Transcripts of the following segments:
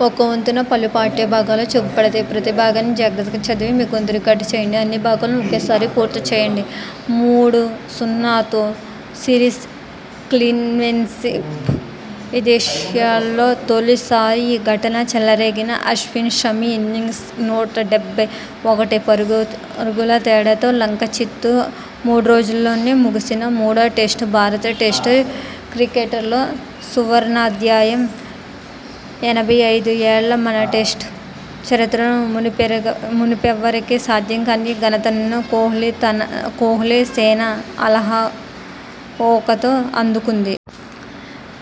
మూడు సున్నాతో series clean sweep విదేశాల్లో తొలిసారి ఈ ఘనత చెలరేగిన అశ్విన్, షమి ఇన్నింగ్స్ నూట డెబ్బై ఒకటి పరుగుల తేడాతో లంక చిత్తు మూడ్రోజుల్లోనే ముగిసిన మూడో టెస్టు భారత టెస్టు క్రికెట్లో సువర్ణాధ్యాయం.! ఎనభై ఐదు ఏళ్ల మన టెస్టు చరిత్రలో మునుపెవరికీ సాథ్యం కాని ఘనతను కోహ్లీ సేన అలవోకగా అందుకుంది.!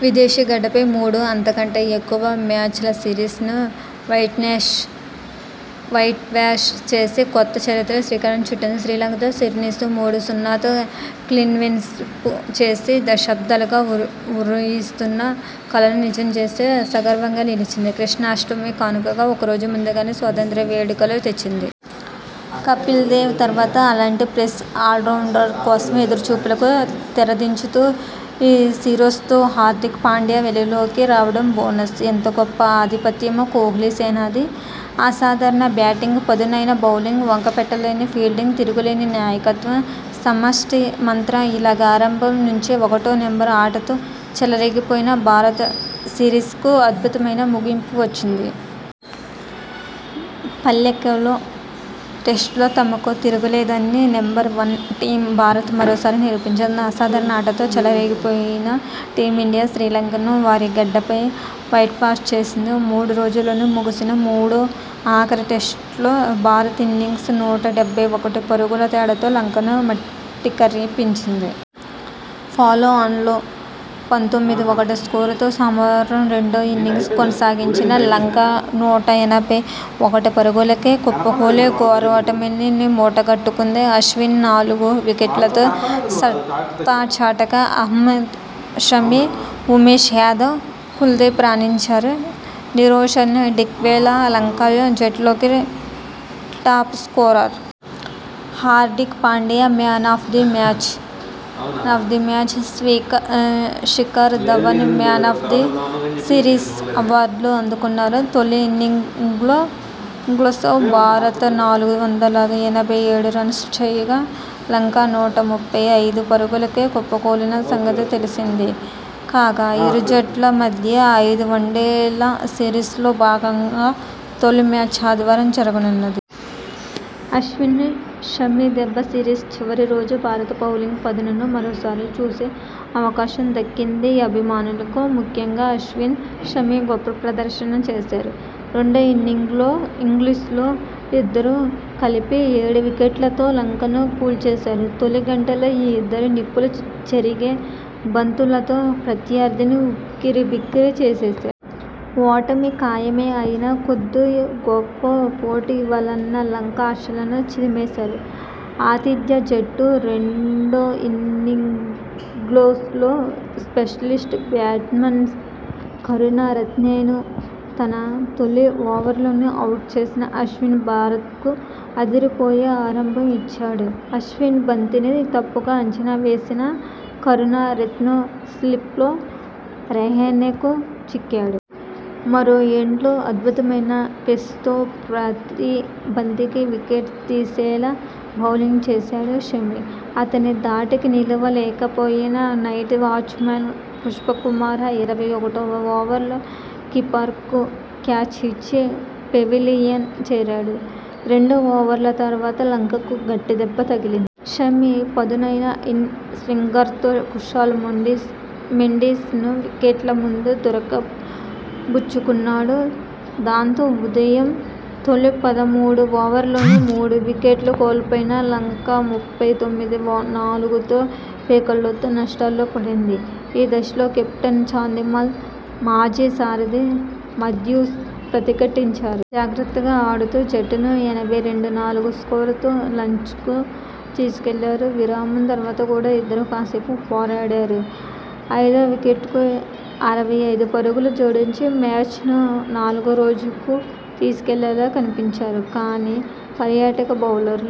విదేశీ గడ్డపై మూడు అంతకంటే ఎక్కువ మ్యాచ్ల సిరీస్ను వైట్వాష్ చేసి కొత్త చరిత్రకు శ్రీకారం చుట్టింది.! శ్రీలంకతో సిరీస్ను మూడు సున్నాతో క్లీన్స్వీప్ చేసి దశాబ్దాలుగా ఊరిస్తున్న కలను నిజం చేసి సగర్వంగా నిలిచింది.! కృష్ణాష్టమి కానుకగా ఒక రోజు ముందుగానే స్వాతంత్య్ర వేడుకలు తెచ్చింది.! కపిల్దేవ్ తర్వాత అలాంటి పేస్ ఆల్రౌండర్ కోసం ఎదురు చూపులకు తెరదించుతూ ఈ సిరీస్తో హార్దిక్ పాండ్యా వెలుగులోకి రావడం బోనస్.! ఎంత గొప్ప ఆధిపత్యమో కోహ్లీ సేనది.! అసాధారణ బ్యాటింగ్ పదునైన బౌలింగ్ వంకపెట్టలేని ఫీల్డింగ్ తిరుగులేని నాయకత్వం. సమష్టి మంత్రం ఇలా ఆరంభం నుంచే ఒకటో నెంబర్ ఆటతో చెలరేగిపోయిన భారత్ సిరీస్కు అద్భుతమైన ముగింపువచ్చింది.! పల్లెకెలె టెస్టుల్లో తమకు తిరుగేలేదని నెంబర్ వన్ టీమ్ భారత్ మరోసారి నిరూపించింది. అసాధారణ ఆటతో చెలరేగిపోయిన టీమిండియా శ్రీలంకను వారి గడ్డపై వైట్వాష్ చేసింది. మూడు రోజుల్లోనే ముగిసిన మూడో, ఆఖరి టెస్టులో భారత్ ఇన్నింగ్స్ నూట డెబ్బై ఒకటి పరుగుల తేడాతో లంకను మట్టికరిపించింది. ఫాలో ఆన్లో పంతొమ్మిది ఒకటి స్కోరుతో సోమవారం రెండో ఇన్నింగ్స్ కొనసాగించిన లంక నూట ఎనభై ఒకటి పరుగులకే కుప్పకూలి ఘోర ఓటమిని మూటగట్టుకుంది. అశ్విన్ నాలుగు వికెట్లతో సత్తా చాటగా మహ్మద్ షమి, ఉమేష్ యాదవ్, కుల్దీప్ రాణించారు. నిరోషన్ డిక్వెలా లంక జట్టులో top scorer. Hardik Pandya 'man of the match', Shikhar Dhawan 'man of the series' అవార్డులు అందుకున్నారు. తొలి ఇన్నింగ్స్లో భారత్ నాలుగు వందల ఎనభై ఏడు రన్స్ చేయగా, లంక నూట ముప్పై ఐదు పరుగులకే కుప్పకూలిన సంగతి తెలిసిందే. కాగా, ఇరు జట్ల మధ్య ఐదు వన్డేల సిరీస్లో భాగంగా తొలి మ్యాచ్ ఆదివారం జరగనుంది. అశ్విన్, షమి దెబ్బ సిరీస్ చివరి రోజు భారత బౌలింగ్ పదునును మరోసారి చూసే అవకాశం దక్కింది అభిమానులకు. ముఖ్యంగా అశ్విన్, షమి గొప్ప ప్రదర్శన చేశారు. రెండో ఇన్నింగ్స్లో ఇద్దరూ కలిపి ఏడు వికెట్లతో లంకను కూల్చేశారు. తొలి గంటలో ఈ ఇద్దరు నిప్పులు చెరిగే బంతు లతో ప్రత్యర్థిని ఉక్కిరి బిక్కిరి చేసేశారు. ఓటమి ఖాయమే అయినా కొద్దో గొప్పో పోటీ ఇవ్వాలన్న లంక ఆశలను చిదిమేశారు. ఆతిథ్య జట్టు రెండో ఇన్నింగ్స్లో స్పెషలిస్ట్ బ్యాట్స్మన్ కరుణ రత్నెను తన తొలి ఓవర్లోనే అవుట్ చేసిన అశ్విన్ భారత్కు అదిపోయే ఆరంభం ఇచ్చాడు. అశ్విన్ బంతిని తప్పుగా అంచనా వేసిన కరుణ రత్నె స్లిప్లో రహానెకు చిక్కాడు. మరో ఎండ్లో అద్భుతమైన పేస్తో ప్రతీ బంతికి వికెట్ తీసేలా బౌలింగ్ చేశాడు షమి. అతని ధాటికి నిలువ లేకపోయిన నైట్ వాచ్మన్ పుష్పకుమార ఇరవై ఒకటివ ఓవర్లో కీపర్కు క్యాచ్ ఇచ్చి పెవిలియన్ చేరాడు. రెండు ఓవర్ల తర్వాత లంకకు గట్టి దెబ్బ తగిలింది. షమి పదునైన ఇన్ స్వింగర్తో కుశాల్ మెండిస్ ను వికెట్ల ముందు దొరక బుచ్చుకున్నాడు. దాంతో, ఉదయం తొలి పదమూడు ఓవర్లలోనే మూడు వికెట్లు కోల్పోయిన లంక ముప్పై తొమ్మిది నాలుగుతో పీకల్లోతు కష్టాల్లో పడింది. ఈ దశలో కెప్టెన్ చాందిమల్, మాజీ సారథి మాథ్యూస్ ప్రతిఘటించారు. జాగ్రత్తగా ఆడుతూ జట్టును ఎనభై రెండు నాలుగు స్కోరుతో లంచ్కు తీసుకెళ్లారు. విరామం తర్వాత కూడా ఇద్దరూ కాసేపు పోరాడారు. ఐదో వికెట్కు అరవై ఐదు పరుగులు జోడించి మ్యాచ్ను నాలుగో రోజుకు తీసుకెళ్లేలా కనిపించారు. కానీ, పర్యాటక బౌలర్లు